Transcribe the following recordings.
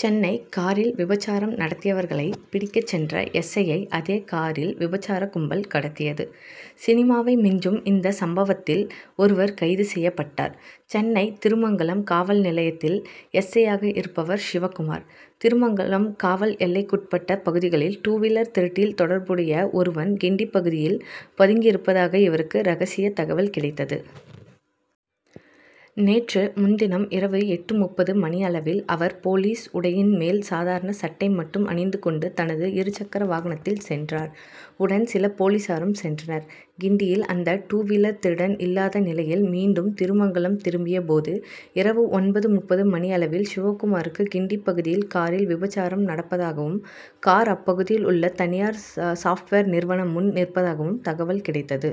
சென்னை காரில் விபசாரம் நடத்தியவர்களை பிடிக்கச் சென்ற எஸ். ஐ.யை அதே காரில் விபசார கும்பல் கடத்தியது. சினிமாவை மிஞ்சும் இந்த சம்பவத்தில் ஒருவர் கைது செய்யப்பட்டார். சென்னை திருமங்கலம் காவல் நிலையத்தில் எஸ். ஐ.யாக இருப்பவர் சிவக்குமார். திருமங்கலம் காவல் எல்லைக்குட்பட்ட பகுதிகளில் டூவீலர் திருட்டில் தொடர்புடைய ஒருவன் கிண்டி பகுதியில் பதுங்கியிருப்பதாக இவருக்கு ரகசிய தகவல் கிடைத்தது. நேற்று முன்தினம் இரவு எட்டு முப்பது மணியளவில் அவர் போலீஸ் உடையின் மேல் சாதாரண சட்டை மட்டும் அணிந்து கொண்டு தனது இருசக்கர வாகனத்தில் சென்றார். உடன் சில போலீசாரும் சென்றனர். கிண்டியில் அந்த டூவீலர் திருடன் இல்லாத நிலையில் மீண்டும் திருமங்கலம் திரும்பிய போது இரவு ஒன்பது முப்பது மணியளவில் சிவக்குமாருக்கு கிண்டி பகுதியில் காரில் விபசாரம் நடப்பதாகவும் கார் அப்பகுதியில் உள்ள தனியார் சாப்ட்வேர் நிறுவனம் முன் நிற்பதாகவும் தகவல் கிடைத்தது.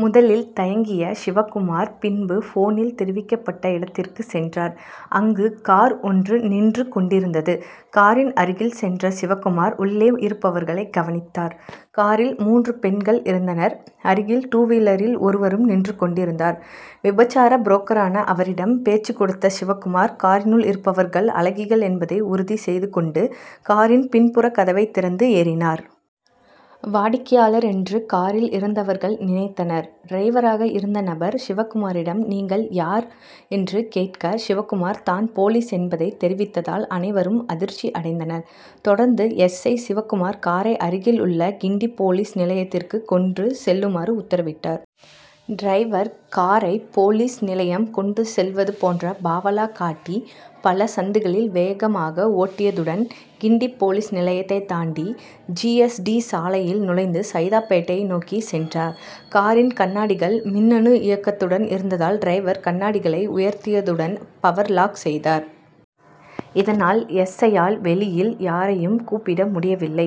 முதலில் தயங்கிய சிவக்குமார் பின்பு போனில் தெரிவிக்கப்பட்ட இடத்திற்கு சென்றார். அங்கு கார் ஒன்று நின்று கொண்டிருந்தது. காரின் அருகில் சென்ற சிவக்குமார் உள்ளே இருப்பவர்களை கவனித்தார். காரில் மூன்று பெண்கள் இருந்தனர். அருகில் டூவீலரில் ஒருவரும் நின்று கொண்டிருந்தார். விபசார புரோக்கரான அவரிடம் பேச்சுக் கொடுத்த சிவக்குமார் காரினுள் இருப்பவர்கள் அழகிகள் என்பதை உறுதி செய்து கொண்டு காரின் பின்புற கதவை திறந்து ஏறினார். வாடிக்கையாளர் என்று காரில் இருந்தவர்கள் நினைத்தனர். டிரைவராக இருந்த நபர் சிவக்குமாரிடம் நீங்கள் யார்? என்று கேட்க சிவக்குமார் தான் போலீஸ் என்பதை தெரிவித்ததால் அனைவரும் அதிர்ச்சி அடைந்தனர். தொடர்ந்து எஸ். ஐ. சிவக்குமார் காரை அருகில் உள்ள கிண்டி போலீஸ் நிலையத்திற்கு கொண்டு செல்லுமாறு உத்தரவிட்டார். டிரைவர் காரை போலீஸ் நிலையம் கொண்டு செல்வது போன்று பாவலா காட்டி பல சந்துகளில் வேகமாக ஓட்டியதுடன் கிண்டி போலீஸ் நிலையத்தை தாண்டி ஜி. எஸ். டி. சாலையில் நுழைந்து சைதாப்பேட்டை நோக்கிச் சென்றார். காரின் கண்ணாடிகள் மின்னணு இயக்கத்துடன் இருந்ததால் டிரைவர் கண்ணாடிகளை உயர்த்தியதுடன் பவர் லாக் செய்தார். இதனால் எஸ். ஐ.யால் வெளியில் யாரையும் கூப்பிட முடியவில்லை.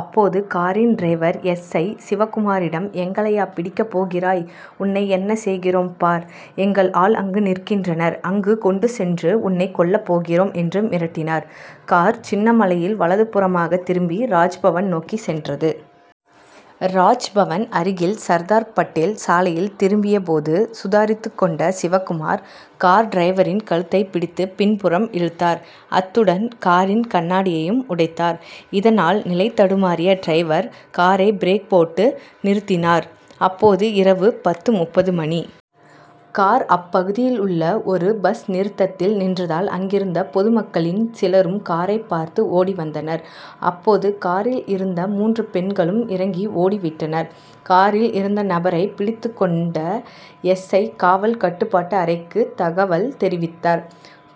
அப்போது காரின் டிரைவர் எஸ். ஐ. சிவக்குமாரிடம் எங்களையா பிடிக்கப் போகிறாய். உன்னை என்ன செய்கிறோம் பார். எங்கள் ஆள் அங்கு நிற்கின்றனர். அங்கு கொண்டு சென்று உன்னை கொல்லப் போகிறோம் என்று மிரட்டினார். கார் சின்னமலையில் வலதுபுறமாக திரும்பி ராஜ்பவன் நோக்கிச் சென்றது. ராஜ் பவன் அருகில் சர்தார் படேல் சாலையில் திரும்பிய போது சுதாரித்துக் கொண்ட சிவக்குமார் கார் டிரைவரின் கழுத்தை பிடித்து பின்புறம் இழுத்தார். அத்துடன் காரின் கண்ணாடியையும் உடைத்தார். இதனால் நிலைதடுமாறிய டிரைவர் காரை பிரேக் போட்டு நிறுத்தினார். அப்போது இரவு பத்து முப்பது மணி. கார் அப்பகுதியில் உள்ள ஒரு பஸ் நிறுத்தத்தில் நின்றதால் அங்கிருந்த பொதுமக்களின் சிலரும் காரை பார்த்து ஓடிவந்தனர். அப்போது காரில் இருந்த மூன்று பெண்களும் இறங்கி ஓடிவிட்டனர். காரில் இருந்த நபரை பிடித்துக்கொண்ட எஸ். ஐ. காவல் கட்டுப்பாட்டு அறைக்கு தகவல் தெரிவித்தார்.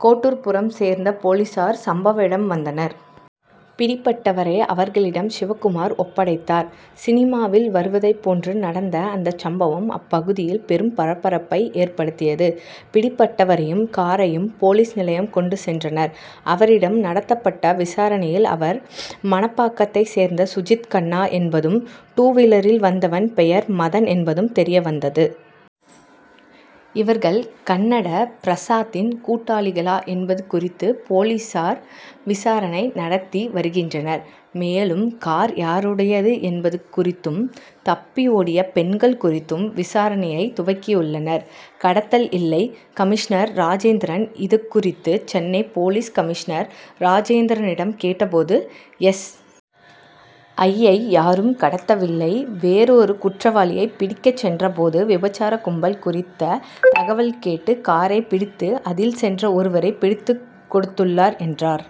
கோட்டூர்புரம் ரோந்து போலீசார் சம்பவ இடம் வந்தனர். பிடிபட்டவரை அவர்களிடம் சிவக்குமார் ஒப்படைத்தார். சினிமாவில் வருவதை போன்று நடந்த அந்த சம்பவம் அப்பகுதியில் பெரும் பரபரப்பை ஏற்படுத்தியது. பிடிபட்டவரையும் காரையும் போலீஸ் நிலையம் கொண்டு சென்றனர். அவரிடம் நடத்தப்பட்ட விசாரணையில் அவர் மணப்பாக்கத்தை சேர்ந்த சுஜித் கண்ணா என்பதும் டூவீலரில் வந்தவன் பெயர் மதன் என்பதும் தெரியவந்தது. இவர்கள் கன்னட பிரசாத்தின் கூட்டாளிகளா என்பது குறித்து போலீசார் விசாரணை நடத்தி வருகின்றனர். மேலும் கார் யாருடையது என்பது குறித்தும் தப்பி ஓடிய பெண்கள் குறித்தும் விசாரணையை துவக்கியுள்ளனர். கடத்தல் இல்லை கமிஷனர் ராஜேந்திரன் இதுகுறித்து சென்னை போலீஸ் கமிஷனர் ராஜேந்திரனிடம் கேட்ட போது எஸ். ஐ.யை யாரும் கடத்தவில்லை. வேறு ஒரு குற்றவாளியை பிடிக்கச் சென்ற போது விபசார கும்பல் குறித்த தகவல் கேட்டு காரை பிடித்து அதில் சென்று ஒருவரை பிடித்துக் கொடுத்துள்ளார் என்றார்.